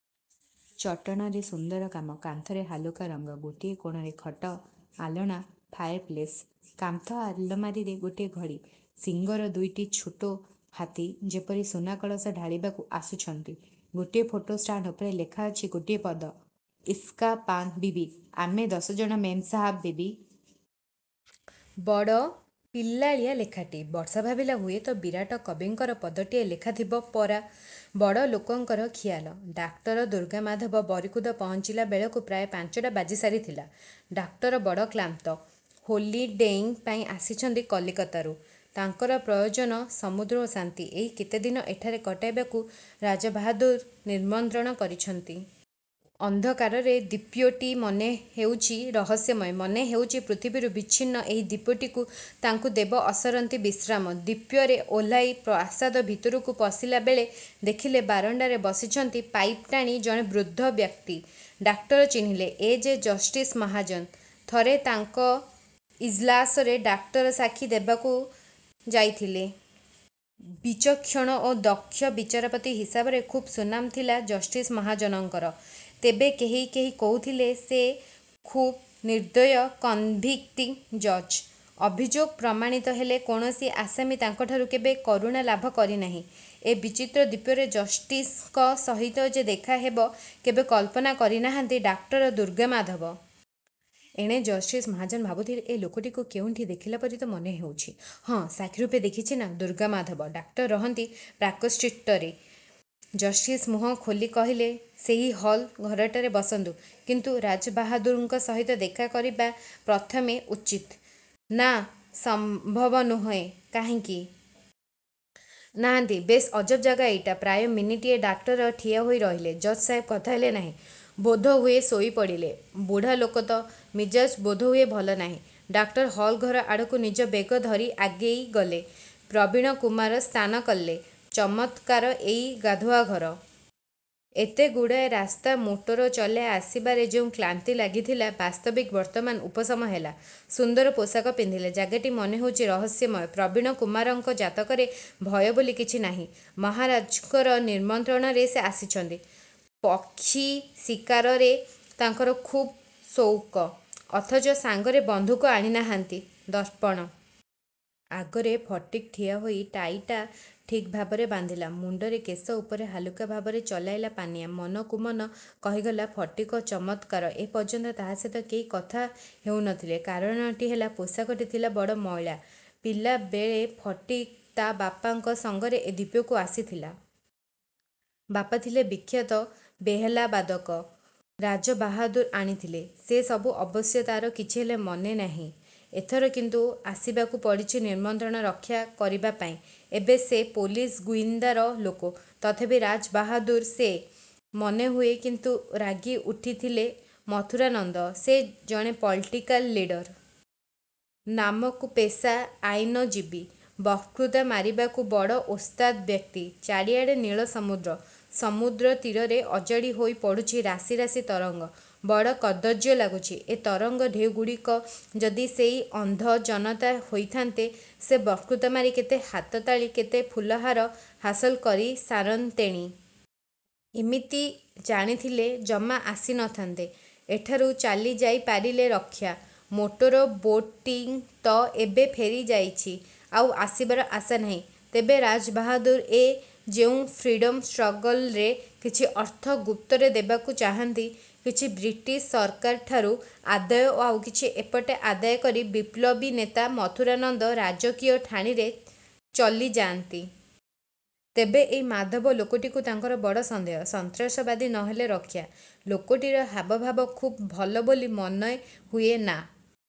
ଚଟାଣରେ ସୁନ୍ଦର କାମ। କାନ୍ଥରେ ହାଲୁକା ରଙ୍ଗ। ଗୋଟିଏ କୋଣରେ ଖଟ, ଆଲଣା, ଫାୟାରପ୍ଲେସ୍। କାନ୍ଥ ଆଲମାରିରେ ଗୋଟିଏ ଘଡ଼ି। ଶିଙ୍ଗର ଦୁଇଟି ଛୋଟ ହାତୀ, ଯେପରି ସୁନାକଳସ ଢାଳିବାକୁ ଆସୁଛନ୍ତି। ଗୋଟିଏ ଫଟୋ ଷ୍ଟାଣ୍ଡ ଉପରେ ଲେଖାଅଛି ଗୋଟିଏ ପଦ ଇସ୍କା ପାନ ବିବି, ଆମେ ଦଶଜଣ ମେମ୍ସାହେବ ବିବି। ବଡ଼ ପିଲାଳିଆ ଲେଖାଟି। ବର୍ଷା ଭାବିଲା, ହୁଏତ ବିରାଟ କବିଙ୍କର ପଦଟିଏ ଲେଖାଥିବ ପରା! ବଡ଼ଲୋକଙ୍କର ଖିଆଲ! ଡାକ୍ତର ଦୁର୍ଗାମାଧବ ବରିକୁଦ ପହଞ୍ଚିଲାବେଳକୁ ପ୍ରାୟ ପାଞ୍ଚଟା ବାଜିସାରିଥିଲା। ଡାକ୍ତର ବଡ଼ କ୍ଳାନ୍ତ। ହୋଲିଡେଇଂ ପାଇଁ ଆସିଛନ୍ତି କଲିକତାରୁ। ତାଙ୍କର ପ୍ରୟୋଜନ ସମୁଦ୍ର ଓ ଶାନ୍ତି। ଏଇ କେତେଦିନ ଏଠାରେ କଟାଇବାକୁ ରାଜାବାହାଦୁର ନିମନ୍ତ୍ରଣ କରିଛନ୍ତି। ଅନ୍ଧକାରରେ ଦ୍ଵୀପଟି ମନେହେଉଛି ରହସ୍ୟମୟ। ମନେହେଉଛି ପୃଥିବୀରୁ ବିଚ୍ଛିନ୍ନ ଏହି ଦ୍ଵୀପଟିକୁ ତାଙ୍କୁ ଦେବ ଅସରନ୍ତି ବିଶ୍ରାମ। ଦ୍ଵୀପରେ ଓହ୍ଲାଇ ପ୍ରାସାଦ ଭିତରକୁ ପଶିଲାବେଳେ ଦେଖିଲେ ବାରଣ୍ଡାରେ ବସିଛନ୍ତି ପାଇପ୍ ଟାଣି ଜଣେ ବୃଦ୍ଧ ବ୍ୟକ୍ତି। ଡାକ୍ତର ଚିହ୍ନିଲେ, ଏ ଯେ ଜଷ୍ଟିସ୍ ମହାଜନ। ଥରେ ତାଙ୍କ ଇଜ୍ଲାସରେ ଡାକ୍ତର ସାକ୍ଷୀ ଦେବାକୁ ଯାଇଥିଲେ। ବିଚକ୍ଷଣ ଓ ଦକ୍ଷ ବିଚାରପତି ହିସାବରେ ଖୁବ୍ ସୁନାମ ଥିଲା ଜଷ୍ଟିସ୍ ମହାଜନଙ୍କର। ତେବେ କେହି କେହି କହୁଥିଲେ, ସେ ଖୁବ୍ ନିର୍ଦ୍ଦୟ କନଭିକ୍ଟିଂ ଜଜ୍। ଅଭିଯୋଗ ପ୍ରମାଣିତ ହେଲେ କୌଣସି ଆସାମୀ ତାଙ୍କଠାରୁ କେବେ କରୁଣା ଲାଭ କରିନାହିଁ। ଏ ବିଚିତ୍ର ଦ୍ଵୀପରେ ଜଷ୍ଟିସ୍ଙ୍କ ସହିତ ଯେ ଦେଖାହେବ, କେବେ କଳ୍ପନା କରିନାହାନ୍ତି ଡାକ୍ତର ଦୁର୍ଗାମାଧବ। ଏଣେ ଜଷ୍ଟିସ୍ ମହାଜନ ଭାବୁଥିଲେ, ଏ ଲୋକଟିକୁ କେଉଁଠି ଦେଖିଲାପରି ତ ମନେହେଉଛି ହଁ, ସାକ୍ଷୀରୂପେ ଦେଖିଛି ନାଁ ଦୁର୍ଗାମାଧବ। ଡାକ୍ତର ରହନ୍ତି ପାର୍କଷ୍ଟ୍ରିଟରେ। ଜଷ୍ଟିସ୍ ମୁହଁ ଖୋଲି କହିଲେ ସେହି ହଲ୍ ଘରଟାରେ ବସନ୍ତୁ। କିନ୍ତୁ ରାଜାବାହାଦୁରଙ୍କ ସହିତ ଦେଖାକରିବା ପ୍ରଥମେ ଉଚିତ। ନା, ସମ୍ଭବ ନୁହେଁ। କାହିଁକି? ନାହାନ୍ତି। ବେଶ୍ ଅଜବ ଜାଗା ଏଇଟା ପ୍ରାୟ ମିନିଟିଏ ଡାକ୍ତର ଠିଆହୋଇ ରହିଲେ। ଜଜ୍ସାହେବ କଥା ହେଲେ ନାହିଁ। ବୋଧହୁଏ ଶୋଇପଡ଼ିଲେ। ବୁଢ଼ାଲୋକ ତ, ମିଜାଜ୍ ବୋଧହୁଏ ଭଲ ନାହିଁ। ଡାକ୍ତର ହଲ୍ ଘର ଆଡ଼କୁ ନିଜ ବେଗ୍ ଧରି ଆଗେଇଗଲେ। ପ୍ରବୀଣକୁମାର ସ୍ନାନ କଲେ। ଚମତ୍କାର ଏଇ ଗାଧୁଆଘର। ଏତେଗୁଡ଼ାଏ ରାସ୍ତା ମୋଟର ଚଳାଇ ଆସିବାରେ ଯେଉଁ କ୍ଳାନ୍ତି ଲାଗିଥିଲା, ବାସ୍ତବିକ ବର୍ତ୍ତମାନ ଉପଶମ ହେଲା। ସୁନ୍ଦର ପୋଷାକ ପିନ୍ଧିଲେ। ଜାଗାଟି ମନେହେଉଛି ରହସ୍ୟମୟ। ପ୍ରବୀଣକୁମାରଙ୍କ ଜାତକରେ ଭୟ ବୋଲି କିଛି ନାହିଁ। ମହାରାଜାଙ୍କର ନିମନ୍ତ୍ରଣରେ ସେ ଆସିଛନ୍ତି। ପକ୍ଷୀଶିକାରରେ ତାଙ୍କର ଖୁବ୍ ସଉକ। ଅଥଚ ସାଙ୍ଗରେ ବନ୍ଧୁକ ଆଣିନାହାନ୍ତି। ଦର୍ପଣ ଆଗରେ ଫଟିକ୍ ଠିଆହୋଇ ଟାଈଟା ଠିକ୍ଭାବରେ ବାନ୍ଧିଲା। ମୁଣ୍ଡର କେଶ ଉପରେ ହାଲୁକା ଭାବରେ ଚଳାଇଲା ପାନିଆ। ମନକୁମନ କହିଗଲା ଫଟିକ୍ଚ ମତ୍କାର ଏପର୍ଯ୍ୟନ୍ତ ତା’ ସହିତ କେହି କଥା ହେଉ ନ ଥିଲେ। କାରଣଟି ହେଲା, ପୋଷାକଟି ଥିଲା ବଡ଼ ମଇଳା। ପିଲାବେଳେ ଫଟିକ୍ ତା’ ବାପାଙ୍କ ସଙ୍ଗରେ ଏ ଦ୍ଵୀପକୁ ଆସିଥିଲା। ବାପା ଥିଲେ ବିଖ୍ୟାତ ବେହେଲାବାଦକ। ରାଜାବାହାଦୁର ଆଣିଥିଲେ। ସେସବୁ ଅବଶ୍ୟ ତା’ର କିଛିହେଲେ ମନେନାହିଁ। ଏଥର କିନ୍ତୁ ଆସିବାକୁ ପଡ଼ିଛି ନିମନ୍ତ୍ରଣ ରକ୍ଷାକରିବା ପାଇଁ, ଏବେ ସେ ପୋଲିସ ଗୁଇନ୍ଦାର ଲୋକ। ତଥାପି ରାଜାବାହାଦୁର ସେ। ମନେମନେ କିନ୍ତୁ ରାଗିଉଠିଥିଲେ ମଥୁରାନନ୍ଦ। ସେ ଜଣେ ପଲିଟିକାଲ ଲିଡର୍। ନାମକୁ ପେଶା ଆଇନଜୀବୀ। ବକ୍ତୃତା ମାରିବାକୁ ବଡ଼ ଓସ୍ତାଦ୍ ବ୍ୟକ୍ତି। ଚାରିଆଡ଼େ ନୀଳସମୁଦ୍ର। ସମୁଦ୍ରତୀରରେ ଅଜାଡ଼ି ହୋଇ ପଡ଼ୁଛି ରାଶି ରାଶି ତରଙ୍ଗ। ବଡ଼ କଦର୍ଯ୍ୟ ଲାଗୁଛି। ଏ ତରଙ୍ଗ ଢେଉଗୁଡ଼ିକ ଯଦି ସେଇ ଅନ୍ଧ ଜନତା ହୋଇଥାନ୍ତେ, ସେ ବକ୍ତୃତା ମାରି କେତେ ହାତତାଳି, କେତେ ଫୁଲହାର ହାସଲ କରିସାରନ୍ତେଣି। ଇମିତି ଜାଣିଥିଲେ ଜମା ଆସି ନ ଥାନ୍ତେ। ଏଠାରୁ ଚାଲିଯାଇପାରିଲେ ରକ୍ଷା। ମୋଟର ବୋଟ୍ଟି ତ ଏବେ ଫେରିଯାଇଛି, ଆଉ ଆସିବାର ଆଶା ନାହିଁ। ତେବେ ରାଜାବାହାଦୁର ଏ ଯେଉଁ ଫ୍ରିଡମ୍ ଷ୍ଟ୍ରଗଲରେ କିଛି ଅର୍ଥ ଗୁପ୍ତରେ ଦେବାକୁ ଚାହାନ୍ତି। କିଛି ବ୍ରିଟିଶ ସରକାରଠାରୁ ଆଦାୟ ଓ ଆଉକିଛି ଏପଟେ ଆଦାୟ କରି ବିପ୍ଳବୀନେତା ମଥୁରାନନ୍ଦ ରାଜକୀୟ ଠାଣିରେ ଚଲିଯାଆନ୍ତି। ତେବେ ଏଇ ମାଧବ ଲୋକଟିକୁ ତାଙ୍କର ବଡ଼ ସନ୍ଦେହ। ସନ୍ତ୍ରାସବାଦୀ ନ ହେଲେ ରକ୍ଷା। ଲୋକଟିର ହାବଭାବ ଖୁବ୍ ଭଲ ବୋଲି ମନେହୁଏ ନା।